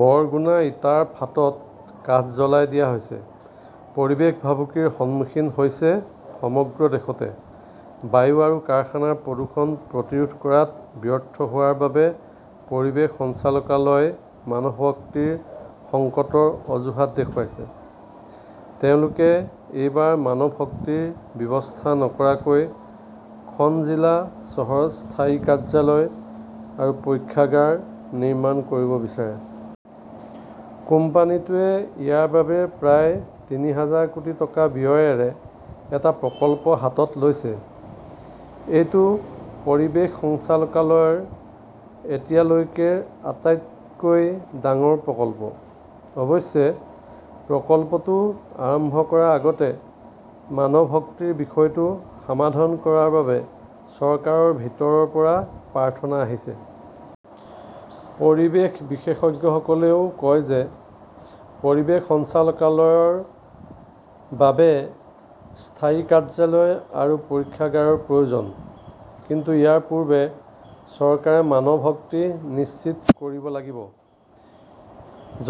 বৰগুনা ইটাৰ ফাঁটত কাঠ জ্বলাই দিয়া হৈছে, পৰিৱেশ ভাবুকিৰ সন্মুখীন হৈছে সমগ্ৰ দেশতে বায়ু আৰু কাৰখানাৰ প্ৰদূষণ প্ৰতিৰোধ কৰাত ব্যৰ্থ হোৱাৰ বাবে পৰিৱেশ সঞ্চালকালয়ই মানৱশক্তিৰ সংকটৰ অজুহাত দেখুৱাইছে। তেওঁলোকে এইবাৰ মানৱশক্তিৰ ব্যৱস্থা নকৰাকৈ খন জিলা চহৰত স্থায়ী কাৰ্যালয় আৰু পৰীক্ষাগাৰ নিৰ্মাণ কৰিব বিচাৰে। কোম্পানীটোৱে ইয়াৰ বাবে প্ৰায় তিনি হাজাৰ কোটি টকা ব্যয়েৰে এটা প্ৰকল্প হাতত লৈছে। এইটো পৰিৱেশ সঞ্চালকালয়ৰ এতিয়ালৈকেৰ আটাইতকৈ ডাঙৰ প্ৰকল্প। অৱশ্যে, প্ৰকল্পটো আৰম্ভ কৰাৰ আগতে মানৱশক্তিৰ বিষয়টো সমাধান কৰাৰ বাবে চৰকাৰৰ ভিতৰৰ পৰা প্ৰাৰ্থনা আহিছে। পৰিৱেশ বিশেষজ্ঞসকলেও কয় যে পৰিৱেশ সঞ্চালকালয়ৰ বাবে স্থায়ী কাৰ্যালয় আৰু পৰীক্ষাগাৰৰ প্ৰয়োজন। কিন্তু ইয়াৰ পূৰ্বে চৰকাৰে মানৱশক্তি নিশ্চিত কৰিব লাগিব।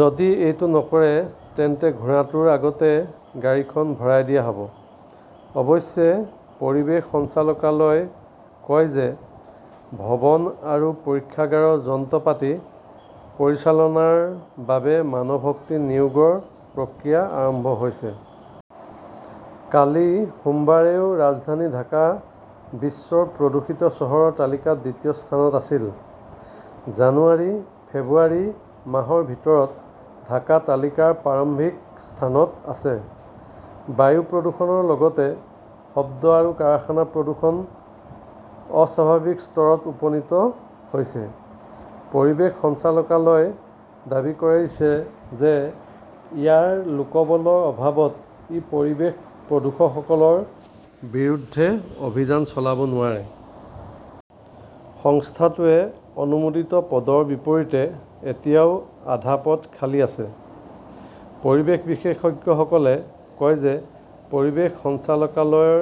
যদি এইটো নকৰে তেন্তে ঘোঁৰাটোৰ আগতে গাড়ীখন ভৰাই দিয়া হ 'ব। অৱশ্যে পৰিৱেশ সঞ্চালকালয়ই কয় যে ভৱন আৰু পৰীক্ষাগাৰৰ যন্ত্ৰপাতি পৰিচালনাৰ বাবে মানৱশক্তি নিয়োগৰ প্ৰক্ৰিয়া আৰম্ভ হৈছে। কালি সোমবাৰেও ৰাজধানী ঢাকা বিশ্বৰ প্ৰদূষিত চহৰৰ তালিকাত দ্বিতীয় স্থানত আছিল। জানুৱাৰী-ফেব্ৰুৱাৰী মাহৰ ভিতৰত ঢাকা তালিকাৰ প্ৰাৰম্ভিক স্থানত আছে। বায়ু প্ৰদূষণৰ লগতে শব্দ আৰু কাৰখানা প্ৰদূষণ অস্বাভাৱিক স্তৰত উপনীত হৈছে। পৰিৱেশ সঞ্চালকালয়ই দাবী কৰিছে যে ইয়াৰ লোকবলৰ অভাৱত ই পৰিৱেশ প্ৰদূষকসকলৰ বিৰুদ্ধে অভিযান চলাব নোৱাৰে। সংস্থাটোৰ অনুমোদিত পদৰ বিপৰীতে এতিয়াও আধা পদ খালী আছে। পৰিৱেশ বিশেষজ্ঞসকলে কয় যে পৰিৱেশ সঞ্চালকালয়ৰ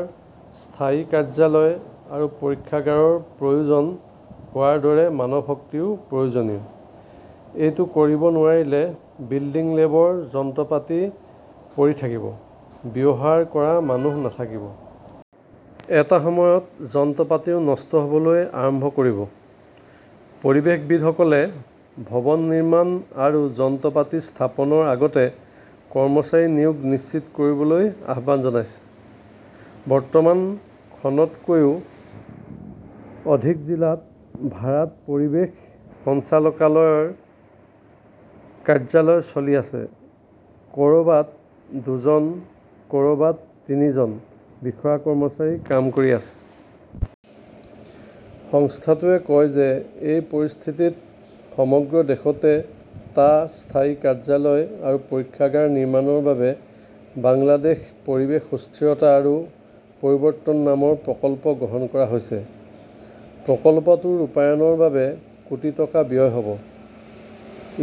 স্থায়ী কাৰ্যালয় আৰু পৰীক্ষাগাৰৰ প্ৰয়োজন হোৱাৰ দৰে মানৱশক্তিও প্ৰয়োজনীয়। এইটো কৰিব নোৱাৰিলে বিল্ডিং-লেবৰ যন্ত্ৰপাতি পৰি থাকিব, ব্যৱহাৰ কৰা মানুহ নাথাকিব। এটা সময়ত যন্ত্ৰপাতিও নষ্ট হ "বলৈ আৰম্ভ কৰিব। পৰিৱেশবিদসকলে ভৱন নিৰ্মাণ আৰু যন্ত্ৰপাতি স্থাপনৰ আগতে কৰ্মচাৰী নিয়োগ নিশ্চিত কৰিবলৈ আহ্বান জনাইছে। বৰ্তমান খনতকৈও অধিক জিলাত ভাড়াত পৰিৱেশ সঞ্চালকালয়ৰ কাৰ্যালয় চলি আছে। ক "ৰবাত দুজন, ক" ৰবাত তিনিজন বিষয়া-কৰ্মচাৰী কাম কৰি আছে। সংস্থাটোৱে কয় যে এই পৰিস্থিতিত সমগ্ৰ দেশতে টা স্থায়ী কাৰ্যালয় আৰু পৰীক্ষাগাৰ নিৰ্মাণৰ বাবে বাংলাদেশ পৰিৱেশ সুস্থিৰতা আৰু পৰিৱৰ্তন নামৰ প্ৰকল্প গ্ৰহণ কৰা হৈছে। প্ৰকল্পটোৰ ৰূপায়ণৰ বাবে কোটি টকা ব্যয় হ 'ব।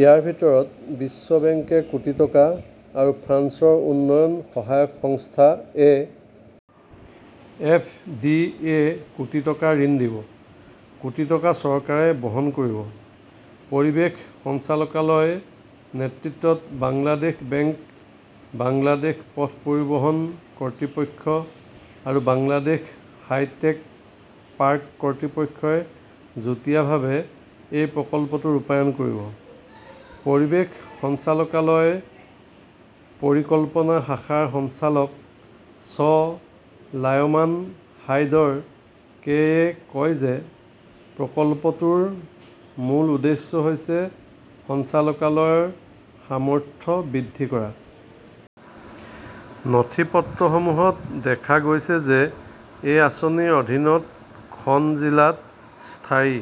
ইয়াৰ ভিতৰত বিশ্ব বেংকে কোটি টকা আৰু ফ্ৰান্সৰ উন্নয়ন সহায়ক সংস্থা এ. এফ. ডি. -য়ে কোটি টকা ঋণ দিব। কোটি টকা চৰকাৰে বহন কৰিব। পৰিৱেশ সঞ্চালকালয়ৰ নেতৃত্বত বাংলাদেশ বেংক, বাংলাদেশ পথ পৰিবহণ কৰ্তৃপক্ষ আৰু বাংলাদেশ হাই-টেক পাৰ্ক কৰ্তৃপক্ষই যুটীয়াভাৱে এই প্ৰকল্পটো ৰূপায়ণ কৰিব। পৰিৱেশ সঞ্চালকালয়ৰ পৰিকল্পনা শাখাৰ সঞ্চালক চ 'লায়মান হাইদৰ কে-য়ে কয় যে প্ৰকল্পটোৰ মূল উদ্দেশ্য হৈছে সঞ্চালকালয়ৰ সামৰ্থ্য বৃদ্ধি কৰা। নথিপত্ৰসমূহত দেখা গৈছে যে এই আঁচনিৰ অধীনত খন জিলাত স্থায়ী